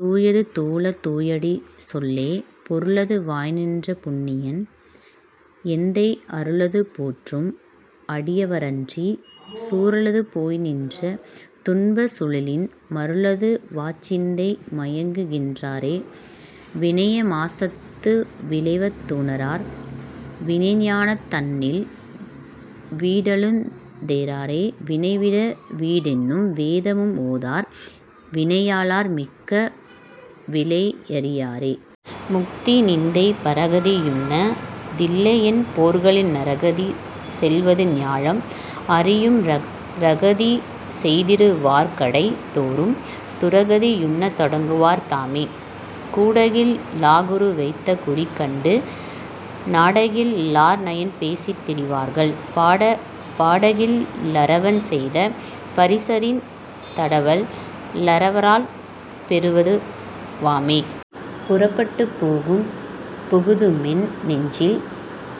தூயது தூள தூயடிச் சொல்லே. பொருளது வாய்நின்ற புண்ணியன் எந்தை அருளது போற்றும் அடியவ ரன்றிச் சுருளது போய்நின்ற துன்பச் சுழியின் மருளது வாச்சிந்தை மயங்குகின் றாரே.. வினையா மாசத்து விளைவ துணரார் வினைஞானந் தன்னில் வீடலுந் தேராரேவினைவிட வீடென்னும் வேதமும் ஓதார் வினையாளார் மிக்க விளைவறி யாரே.. முத்திநிந்தை. பரகதி யுண்டென இல்லையென் போர்கள் நரகதி செல்வது ஞாலம் அறியும் இரகதி செய்திடு வார்கடை தோறும் துரகதி யுண்ணத் தொடங்குவர் தாமே.. கூடகில் லார்குரு வைத்த குறிகண்டு நாடகில் லார்நயம் பேசித் திரிவர்கள் பாடகில் லரவன் செய்த பரிசறிந் தடவல் லரவர் பேறெது வாமே.. புறப்பட்டுப் போகும் புகுதுமென் னெஞ்சில்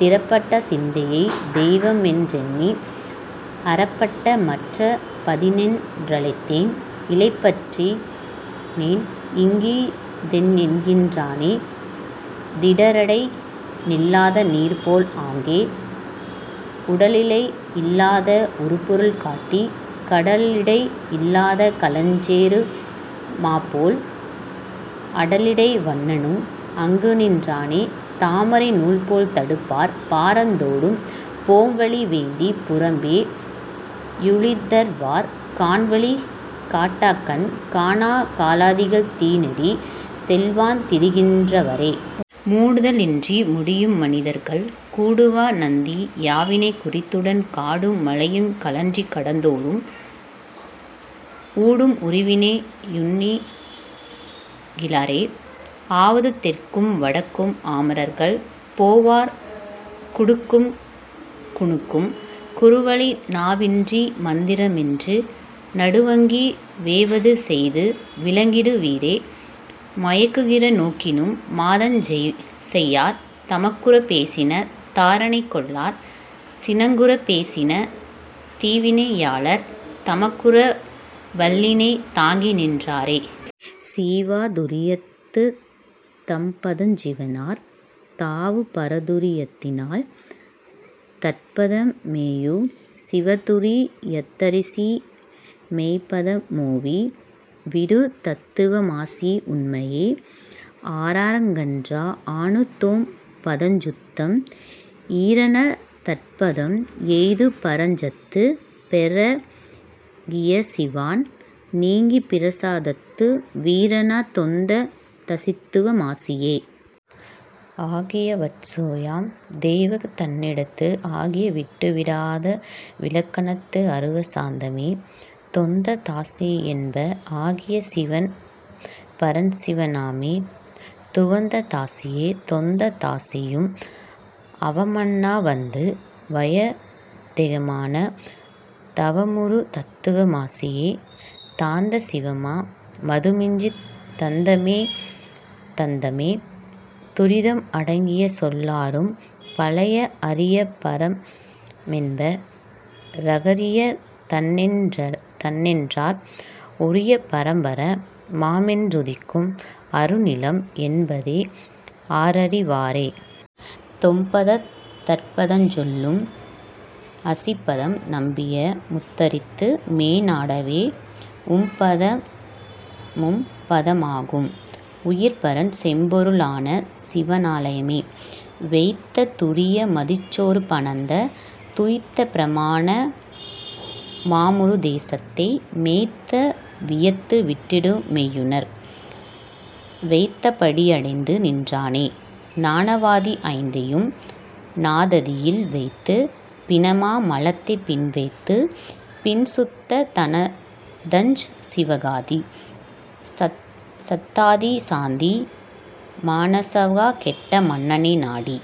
திறப்பட்ட சிந்தையைப் தெய்வமென் றெண்ணி அறப்பட்ட மற்றப் பதியென் றழைத்தேன் இலைப்பற்றி னேன்இங் கிதென்னென்கின் றானே. திடரடை நில்லாத நீர்போல் ஆங்கே உடலில நில்லா உறுபொருள் காட்டிக் கடலிடை நில்லா கலஞ்சேரு மாபோல் அடலிடை வண்ணனும் அங்குநின் றானே.. தாமரை நூல்போல் தடுப்பார் பாரந்தொடும் போம்வழி வேண்டிப் புறமே யுழிதர்வர் காண்வழி காட்டக்கண் காணாக் கலதிகள் தீநெறி செல்வான் திரிகின்ற வாறே.. மூடுதல் இன்றி முடியும் மனிதர்கள் கூடுவர் நந்தி யவனைக் குறித்துடன் காடும் மலையுங் கழனி கடந்தோறும் ஊடும் உருவினை யுன்னிகி லாரே.. ஆவது தெற்கும் வடக்கும் அமரர்கள் போவார் குடக்கும் குணக்கும் குறுவழி நாவினின் மந்திர மென்று நடுவங்கி வேவது செய்து விளங்கிடு வீரே.. மயக்குற நோக்கினும் மாதவஞ் செய்யார் தமக்குறப் பேசின தாரணை கொள்ளார் சினக்குறப் பேசின தீவினை யாளர் தமக்குற வல்லினை தாங்கிநின் றாரே... சீவ துரியத்துத் தொம்பதஞ் சீவனார் தாவு பரதுரி யத்தனில் தற்பதம் மேவு சிவதுரி யத்தசி மெய்ப்பத மோவி விடும் தத் துவமசி உண்மையே.. ஆறா றகன்ற அணுத்தொம் பதஞ்சுத்தம் ஈறான தற்பதம் எய்துப சாந்தத்துப் பேறா கியசீவன் நீங்கிப்பிர சாதத்து வீறான தொந்தத் தசிதத்வ மசியே.. ஆகிய வச்சோயம் தேவகத் தன்னிடத்து ஆகிய விட்டு விடாத விலக்கணைத்து ஆருப சாந்தமே தொந்தத் தசியென்ப ஆகிய சீவன் பரன்சிவ னாமே.. துவந்தத் தசியே தொந்தத் தசியும் அவைமன்னா வந்து வயத்தேகமான தவமுறு தத்துவ மசிவே தாந்த சிவமா மதுஞ்சித் தாந்தவே தாந்தமே.. துரியம் அடங்கிய சொல்லறும் பாழை அரிய பரமென்ப ராகாரி தன்றென்னார் உரிய பரம்பர மாமொன் றுதிக்கும் அருநிலம் என்பதை யாரறி வாரே.. தொம்பதந் தற்பதஞ் சொல்லும் அசிபதம் நம்பிய முத்தரித்துமே னாடவே யும்பத மும்பத மாகும் உயிர்பரன் செம்பொரு ளான சிவனாலயமே.. வைத்த துரிய மதிற்சொரு பானந்தத் துய்த்த பிரணவ மாமுப தேசத்தை மெய்த்த விதயத்து விட்டிடு மெய்யுணர் வைத்த படியே யடைந்து நின்றானே.. நனவாதி ஐந்தையும் நாதாதியில் வைத்துப் பினமா மலத்தைப் பின்வைத்துப் பின்சுத்தத் தனதாஞ் சிவகதி சத்தாதி சாந்தி மனவா சகங்கெட்ட மன்னனை நாடி..